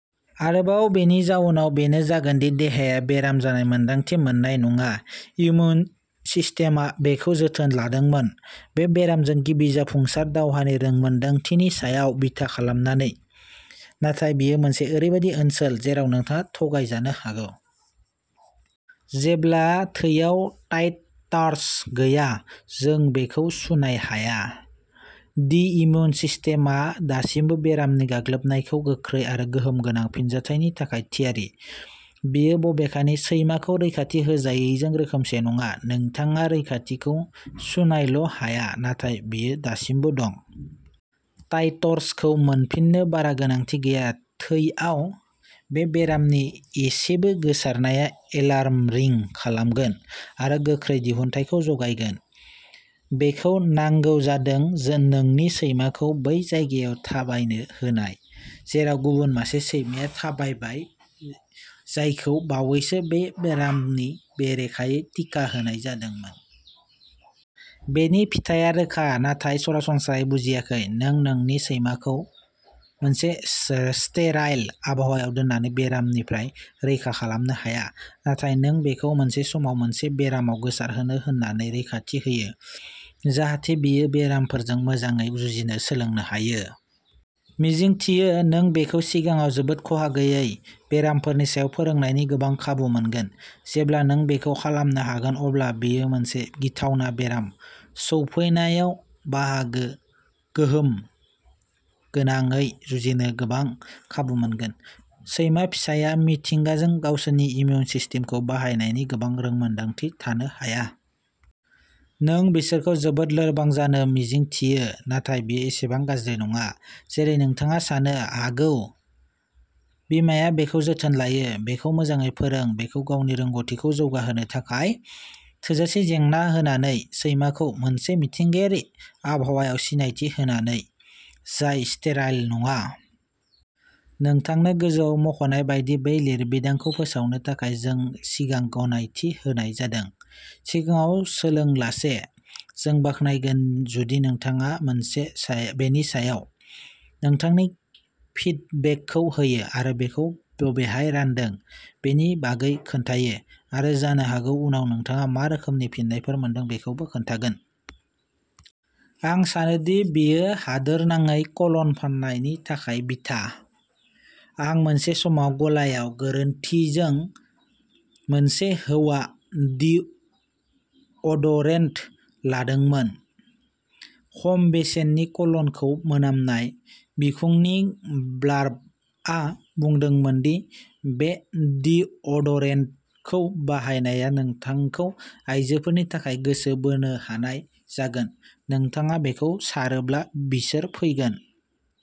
आरोबाव, बेनि जाउनआ बेनो जागोन दि देहाया बेराम जानाय मोन्दांथि मोननाय नङा। इम्युन सिस्टेमआ बेखौ जोथोन लादोंमोन, बे बेरामजों गिबि जाफुंसार दावहानि रोंमोनदांथिनि सायाव बिथा खालामनानै। नाथाय बेयो मोनसे ओरैबायदि ओनसोल जेराव नोंथाङा थगायजानो हागौ। जेब्ला थैयाव टाइटार्स गैया, जों बेखौ सुनाय हाया दि इम्युन सिस्टेमआ दासिमबो बेरामनि गाग्लोबनायखौ गोख्रै आरो गोहोम गोनां फिनजाथायनि थाखाय थियारि! बेयो, बबेखानि, सैमाखौ रैखाथि होजायैजों रोखोमसे नङा! नोंथाङा रैखाथिखौ सुनायल'हाया नाथाय बेयो दासिमबो दं। टाइटार्सखौ मोनफिन्नो बारा गोनांथि गैया। थैआव। बे बेरामनि एसेबो गोसारनाया एलार्म रिं खालामगोन आरो गोख्रै दिहुनथायखौ जागायगोन। बेखौ नांगौ जादों नोंनि सैमाखौ बै जायगायाव थाबायनो होनाय जेराव गुबुन मासे सैमाया थाबायबाय जायखौ बावैसो बै बेरामनि बेरेखायै टिका होनाय जादोंमोन। बेनि फिथाइया रोखा, नाथाय सरासनस्रायै बुजियाखैः नों नोंनि सैखौ मोनसे स्टेराइल आबहावायाव दोननानै बेरामनिफ्राय रैखा खालामनो हाया। नाथाय नों बेखौ मोनसे समाव मोनसे बेरामाव गोसारहोनो होनानै रैखाथि होयो, जाहाथे बेयो बेरामफोरजों मोजाङै जुजिनो सोलोंनो हायो। मिजिंथियो, नों बेखौ सिगाङाव जोबोद खहा गैयै बेरामफोरनि सायाव फोरोंनायनि गोबां खाबु मोनगोन। जेब्ला नों बेखौ खालामनो हागोन, अब्ला बेयो मोनसे गिथावना बेराम सौफैनायाव गोहोम गोनाङै जुजिनो गोबां खाबु मोनगोन। सैमा फिसाया, मिथिंगाजों, गावसोरनि इमिउन सिस्टेमखौ बाहायनायनि गोबां रोंमोनदांथि थानो हाया। नों बिसोरखौ जोबोद लोरबां जानो मिजिंथियो। नाथाय बेयो एसेबां गाज्रि नङा। जेरै नोंथाङा सानो हागौ-बिमाया बेखौ जोथोन लायो! बेखौ मोजाङै फोरों, बेखौ गावनि रोंग'थिखौ जौगाहोनो थाखाय थोजासे जेंना होनानै, सैमाखौ मोनसे मिथिंगायारि आबहावायाव सिनायथि होनानै, जाय स्टेराइल नङा। नोंथांनो गोजौआव मख'नाय बायदि बे लिरबिदांखौ फोसावनो थाखाय सिगां गनायथि होनाय जादों, सिगाङाव सोंालासे। जों बाख्नायगोन जुदि नोंथाङा बेनि सायाव नोंथांनि फिडबेकखौ होयो आरो बेखौ बबेहाय रानदों बेनि बागै खोन्थायो-आरो जानो हागौ उनाव नोंथांहा मा रोखोमनि फिननायफोर मोनदों बेखौबो खोन्थागोन। आं सानोदि बेयो हादोरनाङै क'लन फान्नायनि थाखाय बिथा। आं मोनसे समाव गलायाव गोरोन्थिजों मोनसे "हौवा" डिअ'डरेन्ट लादोंमोन। खम बेसेननि क'लनखौ मोनामनाय। बिखुंनि ब्लार्बआ बुंदोंमोन दि बे डिअ'डरेन्टखौ बाहायनाया नोंथांखौ आइजोफोरनि थाखाय गोसो बोनो हानाय जागोनः "नोंथाङा बेखौ सारोब्ला, बिसोर फैगोन।